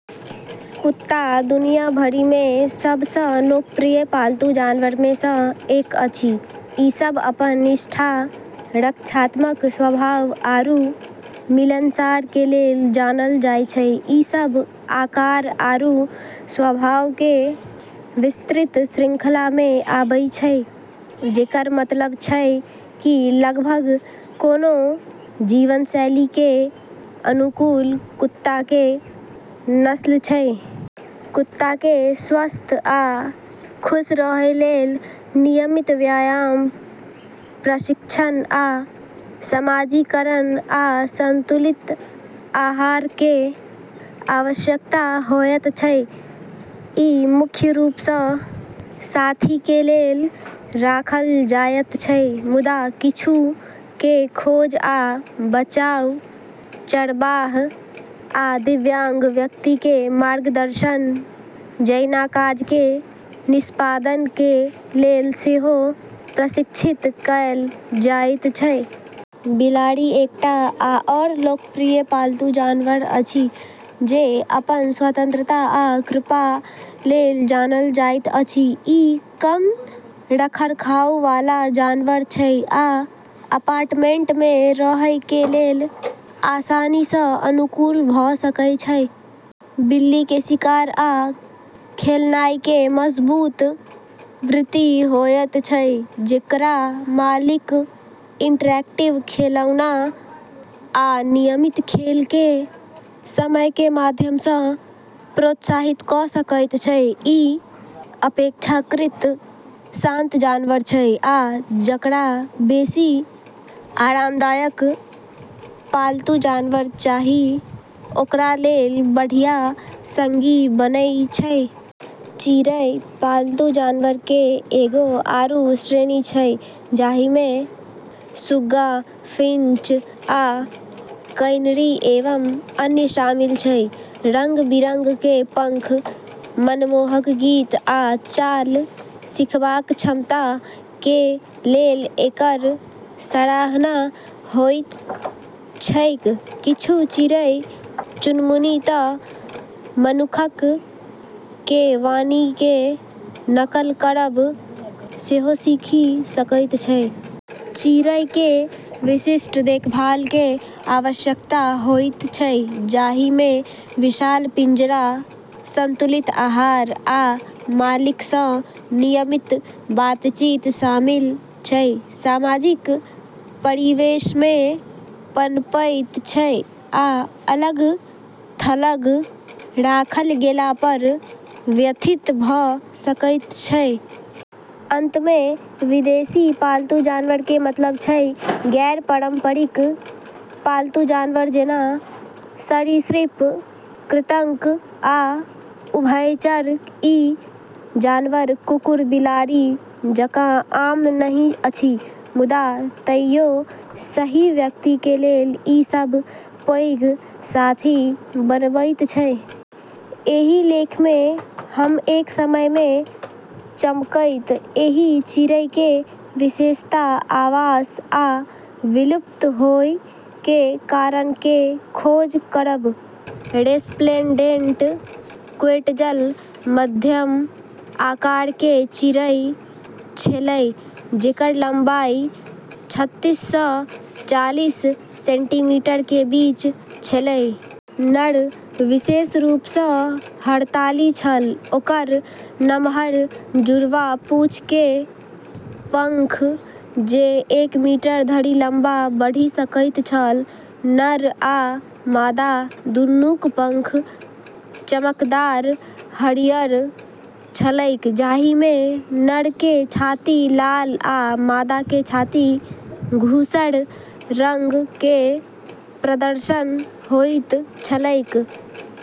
कुत्ता दुनिया भरि में सब सँ लोकप्रिय पालतू जानवर में सँ एक अछि। ई सब अपन निष्ठा, रक्षात्मक स्वभाव, आरू मिलनसार के लेल जानल जाय छै। ई सब आकार आरू स्वभाव के विस्तृत श्रृंखला में आबै छै, जेकर मतलब छै कि लगभग कोनो भी जीवनशैली के अनुकूल कुत्ता के नस्ल छै। कुत्ता के स्वस्थ आ खुश रहय लेल नियमित व्यायाम, प्रशिक्षण आ समाजीकरण, आ संतुलित आहार के आवश्यकता होयत छै। ई मुख्य रूप सँ साथी के लेल राखल जायत छै, मुदा किछु के खोज आ बचाव, चरबाह, आ दिव्यांग व्यक्ति के मार्गदर्शन जैना काज के निष्पादन के लेल सेहो प्रशिक्षित कएल जाइत छै। बिलाड़ि एकटा आओर लोकप्रिय पालतू जानवर अछि, जे अपन स्वतंत्रता आ कृपा लेल जानल जाइत अछि। ई कम रखरखाव वाला जानवर छै आ अपार्टमेंट में रहय के लेल आसानी सँ अनुकूल भऽ सकय छै। बिल्ली के शिकार आ खेलनाय के मजबूत वृत्ति होयत छै, जेकरा मालिक इंटरैक्टिव खिलौना आ नियमित खेल के समय के माध्यम सँ प्रोत्साहित क' सकैत छै। ई अपेक्षाकृत शांत जानवर छै आ जकरा बेशी आरामदायक पालतू जानवर चाही ओकरा लेल बढ़िया संगी बनै छै। चिड़ै पालतू जानवर के एगो आरू श्रेणी छै, जाहिमें सुग्गा, फिंच, आ कैनरी एवं अन्य शामिल छै। रंग-बिरंग के पंख, मनमोहक गीत, आ चाल सीखबाक क्षमता के लेल एकर सराहना होइत छैक। किछु चिड़ै-चुनमुनी तऽ मनुक्ख के वाणी के नकल करब सेहो सीखि सकैत छै। चिड़ै के विशिष्ट देखभाल के आवश्यकता होइत छै, जहि में विशाल पिंजरा, संतुलित आहार, आ मालिक सँ नियमित बातचीत शामिल छै। सामाजिक परिवेश में पनपैत छै आ अलग-थलग राखल गेला पर व्यथित भऽ सकैत छै। अंत में, विदेशी पालतू जानवर के मतलब छै गैर-पारंपरिक पालतू जानवर जेना सरीसृप, कृंतक, आ उभयचर। ई जानवर कुकुर-बिलाड़ि जकाँ आम नहि अछि, मुदा तइयो सही व्यक्ति के लेल ई सभ पैघ साथी बनबैत छै। एहि लेख में हम एक समय में चमकैत एहि चिड़ै के विशेषता, आवास आ विलुप्त होय के कारण के खोज करब। रेस्प्लेन्डेंट क्वेट्ज़ल मध्यम आकार के चिड़ै छेलै, जेकर लम्बाई छत्तीस सँ चालिस सेंटीमीटर के बीच छेलै। नर विशेष रूप सँ हड़ताली छल, ओकर नमहर, जुड़वाँ पूँछ के पंख जे एक मीटर धरि लम्बा बढ़ि सकैत छल। नर आ मादा दूनूक पंख चमकदार हरियर छलैक, जाहि में नर के छाती लाल आ मादा के छाती धूसर रंग के प्रदर्शन होइत छलैक।